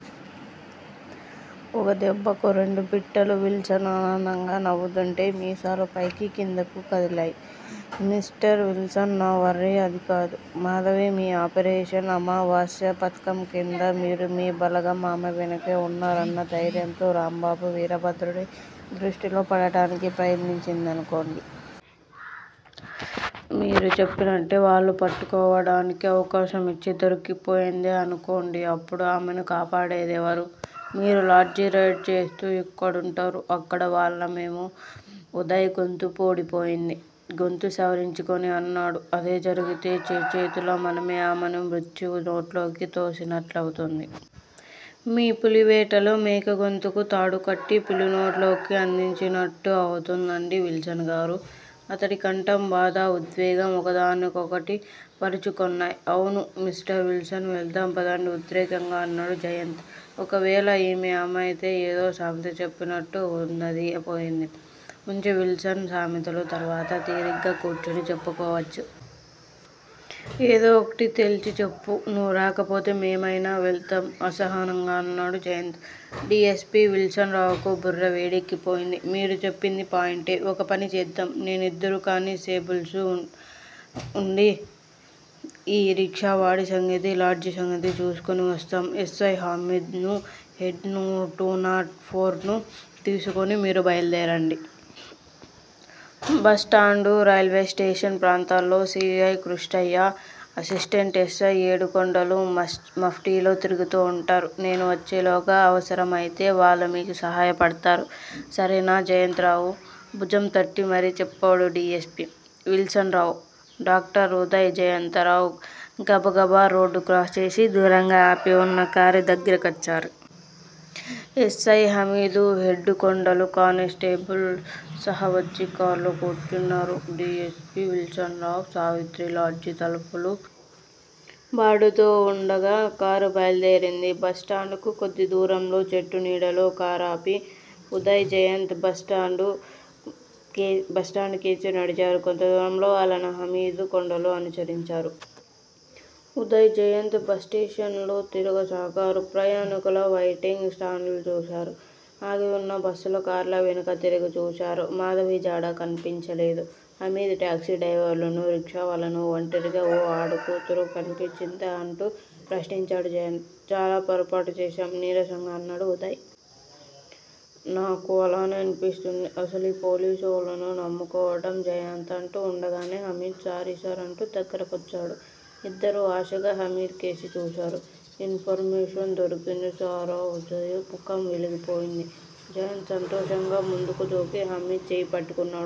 ఒక్క దెబ్బకు రెండు పిట్టలు విల్సన్ ఆనందంగా నవ్వుతుంటే మీసాలు పైకీ కిందకూ కదిలాయి. Mister Wilson. నా వర్రీ అదికాదు. మాధవి మీ ఆపరేషన్ అమావాస్య పథకంకింద మీరు మీ బలగం ఆమె వెనకే, ఉన్నారన్న ధైర్యంతో, రాంబాబు వీరభద్రుడి దృష్టిలో పడడానికి ప్రయత్నించింది అనుకోండి! మీరు చెప్పినట్టే వాళ్ళు పట్టుకోవడానికి అవకాశం ఇచ్చి దొరికిపోయిందే అనుకోండి అప్పుడు ఆమెను కాపాడేదెవరూ? మీరు లాడ్జి రైడ్ చేస్తూ ఇక్కడుంటారు. అక్కడ వాళ్ళామెను ఉదయ్ గొంతు పూడి పోయింది. గొంతు సవరించుకొని అన్నాడు అదే జరిగితే చేచేతులా మనమే ఆమెను మృత్యువు నోట్లోకి తోసినట్లవుతుంది. మీ పులివేటలో మేకగొంతుకు తాడుకట్టి పులినోట్లోకి అందించినట్టు అవుతుందండి విల్సన్ గారూ? అతడి కంఠం బాధా, ఉద్వేగం ఒకదాన్నొకటి పరుచుకొన్నాయి. అవును! మిస్టర్ విల్సన్ వెళ్దాం పదండి ఉద్రేకంగా అన్నాడు జయంత్. ఒకవేళ ఈమే ఆమైతే, ఏదో సామెత చెప్పినట్టు ఉన్నదీ పోయింది ఉంచు విల్సన్ సామెతలు తర్వాత తీరిగ్గా కూర్చొని చెప్పుకోవచ్చు. ఏదో ఒకటి తెల్చిచెప్పు. నువ్వు రాకపోతే మేమైనా వెళ్తాం అసహనంగా అన్నాడు Jayant. D. S. P. Wilson రావుకు బుర్రవేడెక్కిపోయింది. మీరు చెప్పిందీ పాయింటే. ఒకపని చేద్దాం. నేను, ఇద్దరు కాని స్టేబుల్సూ వుండి, ఈ రిక్షావాడి సంగతీ, లాడ్జి సంగతి చూసుకొనివస్తాం. ఎస్సై హామీద్ నూ, హెడ్ నూ, టూనాట్ ఫోర్ నూ తీసుకొని మీరు బయలుదేరండి. బస్ స్టాండూ, రైల్వే స్టేషన్ ప్రాంతాల్లో సి. ఐ. కృష్ణయ్యా, అసిస్టెంట్ ఎస్సై ఏడుకొండలూ మఫ్టిలో తిరుగుతూ వుంటారు. నేను వచ్చేలోగా అవసరం అయితే వాళ్ళు మీకు సహాయపడ్తారు. సరేనా? జయంత్ రావు భుజంతట్టి మరీ చెప్పాడు D. S. P. Wilson Rao. Doctor Uday, Jayantha Rao, గబగబారోడ్డు క్రాస్ చేసి దూరంగా ఆపివున్న కారు దగ్గిరకొచ్చారు. ఎస్సై హమీదూ, హెడ్డు కొండలూ, కానిస్టేబుల్ సహవచ్చి కార్లో కూర్చున్నారు. D. S. P Wilson Rao, సావిత్రిలాడ్జి తలుపులు బాడుతూవుండగా కారు బయలుదేరింది. బస్ స్టాండు కు కొద్దిదూరంలో చెట్టునీడలో కారాపి, ఉదయ్, జయంత్ బస్ స్టాండు కేసి నడిచారు. కొంతదూరంలో వాళ్ళను హమీదూ, కొండలూ అనుసరించారు. ఉదయ్, జయంత్, బస్ స్టేషన్ లో తిరగసాగారు. ప్రయాణీకుల వైటింగ్ స్టాండులు చూశారు. ఆగివున్న బస్సుల, కార్ల వెనక తిరిగిచూశారు. మాధవిజాడ కన్పించలేదు. హమీద్ టాక్సీ డ్రైవర్లనూ, రిక్షావాళ్ళానూ, ఒంటరిగా ఓ ఆడకూతురు కన్పించిందా అంటూ ప్రశ్నించాడు. జయంత్! చాలా పొరపాటు చేశాం నీరసంగా అన్నాడు ఉదయ్. నాకూ అలాగే అన్పిస్తుంది. అసలీ పోలీసోళ్ళను నమ్ముకోవడం జయంత్ అంటూ ఉండగానే హమీద్ సారీ! సార్ అంటూ దగ్గర కొచ్చాడు. ఇద్దరూ ఆశగా హమీద్ కేసి చూశారు. ఇన్ ఫర్ మేషన్ దొరికింది సార. ఉదయ్ ముఖం వెలిగిపోయింది. జయంత్ సంతోషంగా ముందుకు దూకి హమీద్ చెయ్యిపట్టుకొన్నాడు.